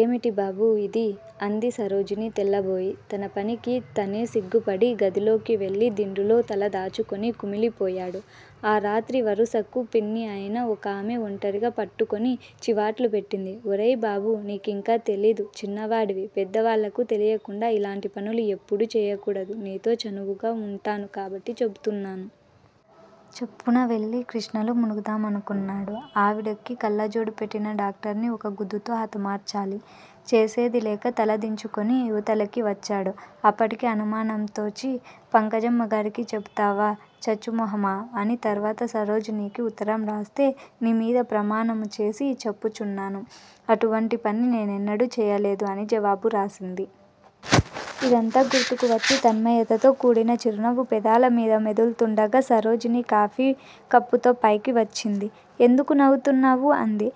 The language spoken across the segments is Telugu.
ఏమిటి బాబూ ఇది? అంది సరోజిని తెల్లబోయి. తన పనికి తనే సిగ్గుపడి గదిలోకి వెళ్ళి దిండులో తల దాచుకుని కుమిలి పోయాడు. ఆ రాత్రి వరుసకు పిన్ని అయిన ఒకామె ఒంటరిగా పట్టుకుని చివాట్లు పెట్టింది. ఒరేయి బాబూ! నీకింకా తెలీదు, చిన్నవాడివి పెద్దవాళ్ళకు తెలియకుండా ఇలాంటి పనులు ఎప్పుడూ చేయకూడదు నీతో చనువుగా వుంటాను కాబట్టి చెబుతున్నాను. చప్పున వెళ్ళి కృష్ణలో మునుగుదామనుకున్నాడు. ఆవిడకి కళ్ళజోడు పెట్టిన డాక్టర్ని ఒక్క గుద్దుతో హతమార్చాలి. చేసేదిలేక తల దించుకుని యివతలకి వచ్చాడు. అప్పటికి అనుమానంతోచి పంకజమ్మగారికి చెబుతావా చచ్చు మొహమా? అని తర్వాత సరోజినికి ఉత్తరం రాస్తే- నీమీద ప్రమాణము చేసి చెప్పుచున్నాను. అటువంటి పని నేనెన్నడూ చేయలేదు అని జవాబు రాసింది. ఇదంతా గుర్తుకువచ్చి తన్మయతతో కూడిన చిరునవ్వు పెదాలమీద మెదుల్తుండగా, సరోజిని కాఫీ కప్పుతో పైకి వచ్చింది. ఎందుకు నవ్వుతున్నావు? అంది.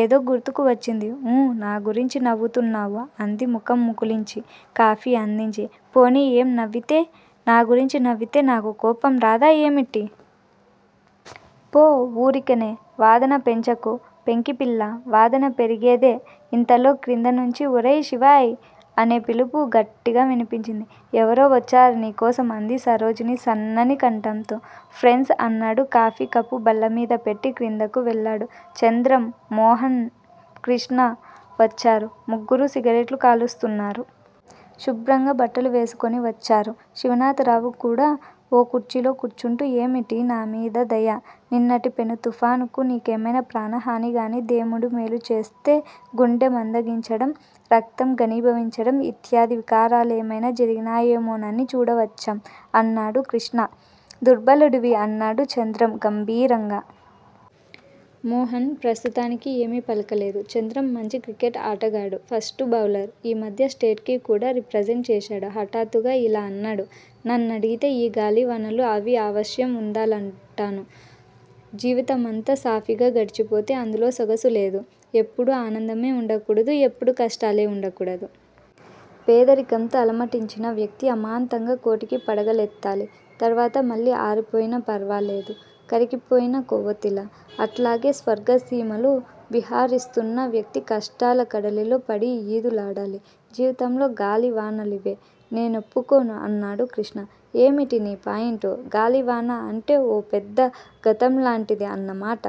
ఏదో గుర్తుకొచ్చింది. ఊఁ నాగురించే నవ్వుతున్నావు అంది ముఖం ముకుళించి, కాఫీ అందించి. పోనీ ఏం నవ్వితే? నా గురించి నవ్వితే నాకు కోపం రాధా ఏమిటి? పో, ఊరికినే వాదన పెంచకు పెంకిపిల్లా. వాదన పెరిగేదే, ఇంతలో క్రిందనుంచీ 'ఒరేయ్ శివాయ్' అనే పిలుపు గట్టిగా వినిపించింది. ఎవరో వచ్చారు నీకోసం అంది సరోజిని సన్నని కంఠంతో. ఫ్రెండ్స్ అన్నాడు కాఫీ కప్పు బల్లమీద పెట్టి క్రిందకు వెళ్ళాడు. చంద్రం, మోహన్, కృష్ణ వచ్చారు, ముగ్గురూ సిగరెట్లు కాలుస్తున్నారు. శుభ్రంగా బట్టలు వేసుకుని వచ్చారు. శివనాథరావు కూడా ఓ కుర్చీలోకూర్చుంటూ 'ఏమిటి నామీద దయ? ' నిన్నటి పెనుతుఫాన్ కు నీకేమైనా ప్రాణహానిగానీ, దేముడు మేలుచేస్తే గుండె మందగించడం, రక్తం ఘనీభవించడం యిత్యాది వికారాలేమైనా జరిగినయ్యేమోనని చూడవచ్చాం అన్నాడు కృష్ణ. దుర్భలుడివి అన్నాడు చంద్రం గంభీరంగా. మోహన్ ప్రస్తుతానికి ఏమీ పలకలేదు. చంద్రం మంచి క్రికెట్ ఆటగాడు. First bowler. ఈమధ్య స్టేట్ కి కూడా రిప్రజెంట్ చేశాడు. హఠాత్తుగా ఇలా అన్నాడు. నన్నడిగితే యీ గాలివానలూ అవి ఆవశ్యం ఉందాలంటాను. జీవితమంతా సాఫీగా గడిచిపోతే అందులో సొగసులేదు. ఎప్పుడూ ఆనందమే వుండకూడదు, ఎప్పుడూ కష్టాలే వుండకూడదు. పేదరికంతో అలమటించిన వ్యక్తి అమాంతంగా కోటికి పడగలెత్తాలి. తరువాత మళ్ళీ ఆరిపోయిన ఫర్వాలేదు. కరిగిపోయిన కొవ్వొత్తిలా. అట్లాగే స్వర్గసీమలో విహరిస్తూన్న వ్యక్తి కష్టాల కడలిలో పడి యీదులాడాలి. జీవితంలో గాలివానలివే. నేనొప్పుకోను అన్నాడు క్రిష్ణ. ఏమిటి నీ పాయింటు? గాలివాన అంటే ఓ పెద్ద ఘతంలాంటిది అన్నమాట.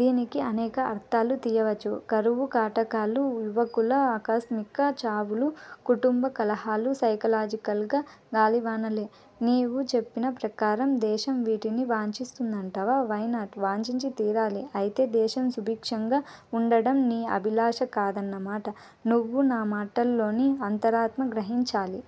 దీనికి అనేక అర్ధాలు తీయవచ్చు. కరువుకాటకాలు, యువకుల ఆకస్మిక చావులు, కుటుంబ కలహాలు సైకలాజికల్ గా గాలివానలే. నీవు చెప్పినప్రకారం దేశం వీటిని వాంఛిస్తున్నదంటావా? వైనాట్? వాంఛించి తీరాలి. అయితే దేశం సుభిక్షంగా వుండడం నీ అభిలాష కాదన్న మాట. నువ్వు నా మాటల్లోని అంతరార్ధం గ్రహించాలి.